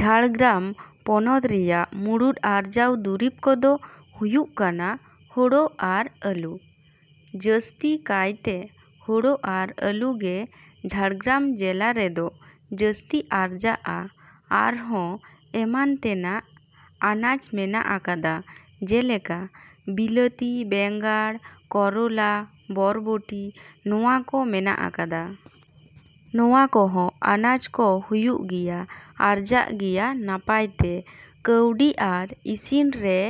ᱡᱷᱟᱲᱜᱨᱟᱢ ᱯᱚᱱᱚᱛ ᱨᱮᱭᱟᱜ ᱢᱩᱲᱩᱫ ᱟᱨᱡᱟᱣ ᱫᱩᱨᱤᱵᱽ ᱠᱚᱫᱚ ᱦᱩᱭᱩᱜ ᱠᱟᱱᱟ ᱦᱳᱲᱳ ᱟᱨ ᱟᱞᱩ᱾ ᱡᱟᱹᱥᱛᱤ ᱠᱟᱭᱛᱮ ᱦᱳᱲᱳ ᱟᱨ ᱟᱞᱩ ᱜᱮ ᱡᱷᱟᱲᱜᱨᱟᱢ ᱡᱮᱞᱟ ᱨᱮᱫᱚ ᱡᱟᱹᱥᱛᱤ ᱟᱨᱡᱟᱜᱼᱟ᱾ ᱟᱨᱦᱚᱸ ᱮᱢᱟᱱ ᱛᱮᱱᱟᱜ ᱟᱱᱟᱡ ᱢᱮᱱᱟᱜ ᱟᱠᱟᱫᱟ ᱡᱮᱞᱮᱠᱟ ᱵᱤᱞᱟᱹᱛᱤ, ᱵᱮᱸᱜᱟᱲ, ᱠᱚᱨᱚᱞᱟ, ᱵᱚᱨᱵᱚᱴᱤ ᱱᱚᱣᱟ ᱠᱚ ᱢᱮᱱᱟᱜ ᱟᱠᱟᱫᱟ᱾ ᱱᱚᱣᱟ ᱠᱚᱦᱚᱸ ᱟᱱᱟᱡ ᱠᱚ ᱦᱩᱭᱩᱜ ᱜᱮᱭᱟ, ᱟᱨᱡᱟᱜ ᱜᱮᱭᱟ ᱱᱟᱯᱟᱭ ᱛᱮ᱾ ᱠᱟᱹᱣᱰᱤ ᱟᱨ ᱤᱥᱤᱱ ᱨᱮ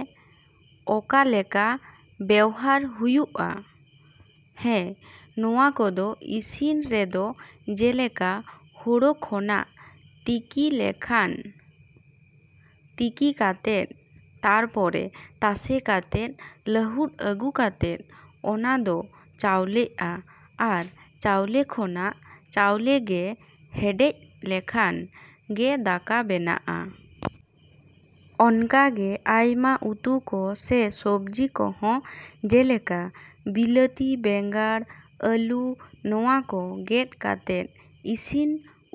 ᱚᱠᱟ ᱞᱮᱠᱟ ᱵᱮᱣᱦᱟᱨ ᱦᱩᱭᱩᱜᱼᱟ? ᱦᱮᱸ, ᱱᱚᱣᱟ ᱠᱚᱫᱚ ᱤᱥᱤᱱ ᱨᱮᱫᱚ ᱡᱮᱞᱮᱠᱟ ᱦᱳᱲᱳ ᱠᱷᱚᱱᱟᱜ ᱛᱤᱠᱤ ᱞᱮᱠᱷᱟᱱ, ᱛᱤᱠᱤ ᱠᱟᱛᱮᱫ ᱛᱟᱨᱯᱚᱨᱮ ᱛᱟᱥᱮ ᱠᱟᱛᱮᱫ ᱞᱟᱹᱦᱩᱫ ᱟᱹᱜᱩ ᱠᱟᱛᱮᱫ ᱚᱱᱟ ᱫᱚ ᱪᱟᱣᱞᱮᱜᱼᱟ ᱟᱨ ᱪᱟᱣᱞᱮ ᱠᱷᱚᱱᱟᱜ ᱪᱟᱣᱞᱮ ᱜᱮ ᱦᱮᱰᱮᱡ ᱞᱮᱠᱷᱟᱱ ᱜᱮ ᱫᱟᱠᱟ ᱵᱮᱱᱟᱜᱼᱟ᱾ ᱚᱱᱠᱟᱜᱮ ᱟᱭᱢᱟ ᱩᱛᱩ ᱠᱚ ᱥᱮ ᱥᱚᱵᱡᱤ ᱠᱚᱦᱚᱸ ᱡᱮᱞᱮᱠᱟ ᱵᱤᱞᱟᱹᱛᱤ, ᱵᱮᱸᱜᱟᱲ, ᱟᱹᱞᱩ ᱱᱚᱣᱟ ᱠᱚ ᱜᱮᱫ ᱠᱟᱛᱮᱫ ᱤᱥᱤᱱ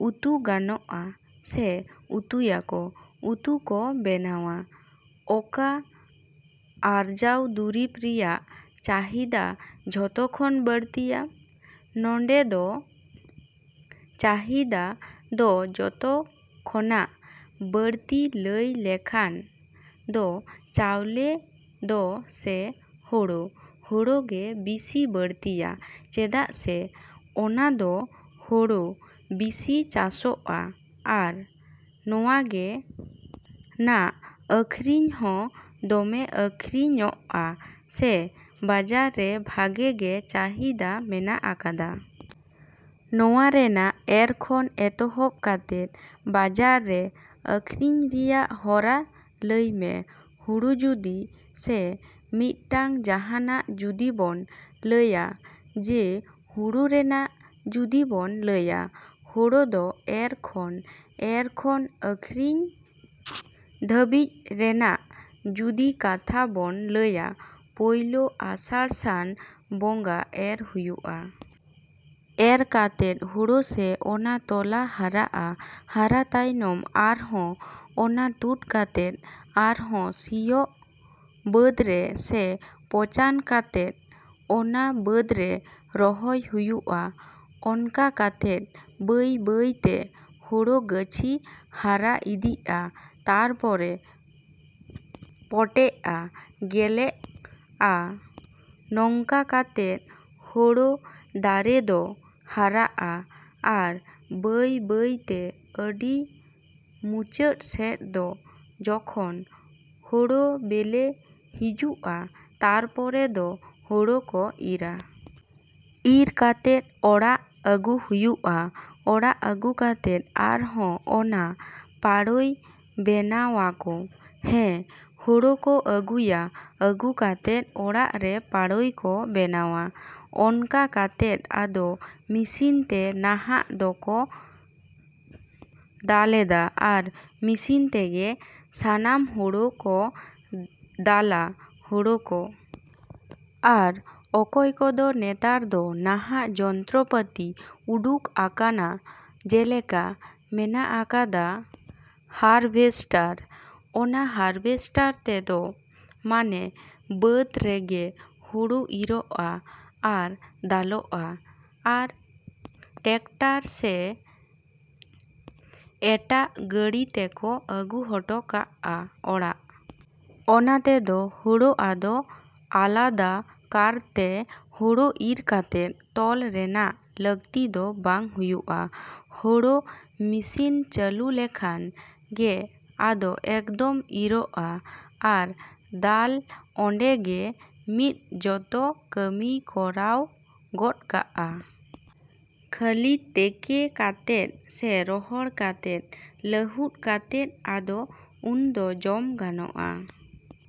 ᱩᱛᱩ ᱜᱟᱱᱚᱜᱼᱟ ᱥᱮ ᱩᱛᱩᱭᱟᱠᱚ, ᱩᱛᱩ ᱠᱚ ᱵᱮᱱᱟᱣᱟ᱾ ᱚᱠᱟ ᱟᱨᱡᱟᱣ ᱫᱩᱨᱤᱵᱽ ᱨᱮᱭᱟᱜ ᱪᱟᱦᱤᱫᱟ ᱡᱚᱛᱚ ᱠᱷᱚᱱ ᱵᱟᱹᱲᱛᱤᱭᱟ? ᱱᱚᱸᱰᱮ ᱫᱚ ᱪᱟᱦᱤᱫᱟ ᱫᱚ ᱡᱚᱛᱚ ᱠᱷᱚᱱᱟᱜ ᱵᱟᱹᱲᱛᱤ ᱞᱟᱹᱭ ᱞᱮᱠᱷᱟᱱ ᱫᱚ ᱪᱟᱣᱞᱮ ᱫᱚ ᱥᱮ ᱦᱳᱲᱳ, ᱦᱳᱲᱳ ᱜᱮ ᱵᱤᱥᱤ ᱵᱟᱹᱲᱛᱤᱭᱟ ᱪᱮᱫᱟᱜ ᱥᱮ ᱚᱱᱟᱫᱚ ᱦᱳᱲᱳ ᱵᱮᱥᱤ ᱪᱟᱥᱚᱜᱼᱟ ᱟᱨ ᱱᱚᱣᱟᱜᱮ ᱱᱟᱜ ᱟᱹᱠᱷᱟᱨᱤᱧ ᱦᱚᱸ ᱫᱚᱢᱮ ᱟᱹᱠᱷᱟᱨᱤᱧ ᱧᱚᱜᱼᱟ ᱥᱮ ᱵᱟᱡᱟᱨ ᱨᱮ ᱵᱷᱟᱜᱮ ᱜᱮ ᱪᱟᱦᱤᱫᱟ ᱢᱮᱱᱟᱜ ᱟᱠᱟᱫᱟ᱾ ᱱᱚᱣᱟ ᱨᱮᱱᱟᱜ ᱮᱨ ᱠᱷᱚᱱ ᱮᱛᱚᱦᱚᱵ ᱠᱟᱛᱮᱫ ᱵᱟᱡᱟᱨ ᱨᱮ ᱟᱹᱠᱷᱟᱨᱤᱧ ᱨᱮᱭᱟᱜ ᱦᱚᱨᱟ ᱞᱟᱹᱭᱢᱮ᱾ ᱦᱳᱲᱳ ᱡᱩᱫᱤ ᱥᱮ ᱢᱤᱫᱴᱟᱝ ᱡᱟᱦᱟᱱᱟᱜ ᱡᱩᱫᱤ ᱵᱚᱱ ᱞᱟᱹᱭᱟ ᱡᱮ ᱦᱳᱲᱳ ᱨᱮᱱᱟᱜ ᱡᱩᱫᱤ ᱵᱚᱱ ᱞᱟᱹᱭᱟ, ᱦᱳᱲᱳ ᱫᱚ ᱮᱨ ᱠᱷᱚᱱ ᱮᱨ ᱠᱷᱚᱱ ᱟᱹᱠᱷᱟᱨᱤᱧ ᱫᱷᱟᱹᱵᱤᱡ ᱨᱮᱱᱟᱜ ᱡᱩᱫᱤ ᱠᱟᱛᱷᱟ ᱵᱚᱱ ᱞᱟᱹᱭᱟ, ᱯᱳᱭᱞᱳ ᱟᱥᱟᱲ ᱥᱟᱱ ᱵᱚᱸᱜᱟ ᱮᱨ ᱦᱩᱭᱩᱜᱼᱟ᱾ ᱮᱨ ᱠᱟᱛᱮᱫ ᱦᱳᱲᱳ ᱥᱮ ᱚᱱᱟ ᱛᱚᱞᱟ ᱦᱟᱨᱟᱜᱼᱟ᱾ ᱦᱟᱨᱟ ᱛᱟᱭᱚᱢ ᱟᱨᱦᱚᱸ ᱚᱱᱟ ᱛᱳᱫ ᱠᱟᱛᱮᱫ ᱟᱨᱦᱚᱸ ᱥᱤᱭᱳᱜ ᱵᱟᱹᱫᱽ ᱨᱮ ᱥᱮ ᱯᱚᱪᱟᱱ ᱠᱟᱛᱮᱫ ᱚᱱᱟ ᱵᱟᱹᱫᱽ ᱨᱮ ᱨᱚᱦᱚᱭ ᱦᱩᱭᱩᱜᱼᱟ᱾ ᱚᱱᱠᱟ ᱠᱟᱛᱮᱫ ᱵᱟᱹᱭᱼᱵᱟᱹᱭᱛᱮ ᱦᱳᱲᱳ ᱜᱟᱹᱪᱷᱤ ᱦᱟᱨᱟ ᱤᱫᱤᱜᱼᱟ᱾ ᱛᱟᱨᱯᱚᱨᱮ ᱯᱚᱴᱮᱜᱼᱟ, ᱜᱮᱞᱮᱜᱼᱟ, ᱱᱚᱝᱠᱟ ᱠᱟᱛᱮᱫ ᱦᱳᱲᱳ ᱫᱟᱨᱮ ᱫᱚ ᱦᱟᱨᱟᱜᱼᱟ ᱟᱨ ᱵᱟᱹᱭᱼᱵᱟᱹᱭᱛᱮ ᱟᱹᱰᱤ ᱢᱩᱪᱟᱹᱫ ᱥᱮᱫ ᱫᱚ ᱡᱚᱠᱷᱚᱱ ᱦᱳᱲᱳ ᱵᱮᱞᱮ ᱦᱤᱡᱩᱜᱼᱟ ᱛᱟᱨᱯᱚᱨᱮ ᱫᱚ ᱦᱳᱲᱳ ᱠᱚ ᱤᱨᱟ᱾ ᱤᱨ ᱠᱟᱛᱮᱫ ᱚᱲᱟᱜ ᱟᱹᱜᱩ ᱦᱩᱭᱩᱜᱼᱟ᱾ ᱚᱲᱟᱜ ᱟᱹᱜᱩ ᱠᱟᱛᱮᱫ ᱟᱨᱦᱚᱸ ᱚᱱᱟ ᱯᱟᱲᱳᱭ ᱵᱮᱱᱟᱣᱟᱠᱚ᱾ ᱦᱮᱸ, ᱦᱳᱲᱳ ᱠᱚ ᱟᱹᱜᱩᱭᱟ, ᱟᱹᱜᱩ ᱠᱟᱛᱮᱫ ᱚᱲᱟᱜ ᱨᱮ ᱯᱟᱲᱳᱭ ᱠᱚ ᱵᱮᱱᱟᱣᱟ᱾ ᱚᱱᱠᱟ ᱠᱟᱛᱮᱫ ᱟᱫᱚ ᱢᱤᱥᱤᱱᱛᱮ ᱱᱟᱦᱟᱜ ᱫᱚᱠᱚ ᱫᱟᱞᱮᱫᱟ ᱟᱨ ᱢᱤᱥᱤᱱ ᱛᱮᱜᱮ ᱥᱟᱱᱟᱢ ᱦᱚᱲᱠᱚ ᱫᱟᱞᱟ ᱦᱳᱲᱳ ᱠᱚ᱾ ᱟᱨ ᱚᱠᱚᱭ ᱠᱚᱫᱚ ᱱᱮᱛᱟᱨ ᱫᱚ ᱱᱟᱦᱟᱜ ᱡᱚᱱᱛᱨᱚᱯᱟᱛᱤ ᱩᱰᱩᱠ ᱟᱠᱟᱱᱟ ᱡᱮᱞᱮᱠᱟ ᱢᱮᱱᱟᱜ ᱟᱠᱟᱫᱟ ᱦᱟᱨᱵᱷᱮᱥᱴᱟᱨ᱾ ᱚᱱᱟ ᱦᱟᱨᱵᱷᱮᱥᱴᱟᱨ ᱛᱮᱫᱚ ᱢᱟᱱᱮ ᱵᱟᱹᱫᱽ ᱨᱮᱜᱮ ᱦᱳᱲᱳ ᱤᱨᱚᱜᱼᱟ ᱟᱨ ᱫᱟᱞᱚᱜᱼᱟ ᱟᱨ ᱴᱮᱠᱴᱟᱨ ᱥᱮ ᱮᱴᱟᱜ ᱜᱟᱹᱲᱤ ᱛᱮᱠᱚ ᱟᱹᱜᱩ ᱦᱚᱴᱚ ᱠᱟᱜᱼᱟ ᱚᱲᱟᱜ᱾ ᱚᱱᱟ ᱛᱮᱫᱚ ᱦᱳᱲᱳ ᱟᱫᱚ ᱟᱞᱟᱫᱟ ᱠᱟᱨᱛᱮ ᱦᱳᱲᱳ ᱤᱨ ᱠᱟᱛᱮᱫ ᱛᱚᱞ ᱨᱮᱱᱟᱜ ᱞᱟᱹᱠᱛᱤ ᱫᱚ ᱵᱟᱝ ᱦᱩᱭᱩᱜᱼᱟ᱾ ᱦᱳᱲᱳ ᱢᱤᱥᱤᱱ ᱪᱟᱹᱞᱩ ᱞᱮᱠᱷᱟᱱ ᱜᱮ ᱟᱫᱚ ᱮᱠᱫᱚᱢ ᱤᱨᱚᱜᱼᱟ ᱟᱨ ᱫᱟᱞ ᱚᱸᱰᱮ ᱜᱮ ᱢᱤᱫ ᱡᱚᱛᱚ ᱠᱟᱹᱢᱤᱭ ᱠᱚᱨᱟᱣ ᱜᱚᱫ ᱠᱟᱜᱼᱟ᱾ ᱠᱷᱟᱹᱞᱤ ᱛᱮᱠᱮ ᱠᱟᱛᱮᱫ ᱥᱮ ᱨᱚᱦᱚᱲ ᱠᱟᱛᱮᱫ ᱞᱟᱹᱦᱩᱫ ᱠᱟᱛᱮᱫ ᱟᱫᱚ ᱩᱱᱫᱚ ᱡᱚᱢ ᱜᱟᱱᱚᱜᱼᱟ᱾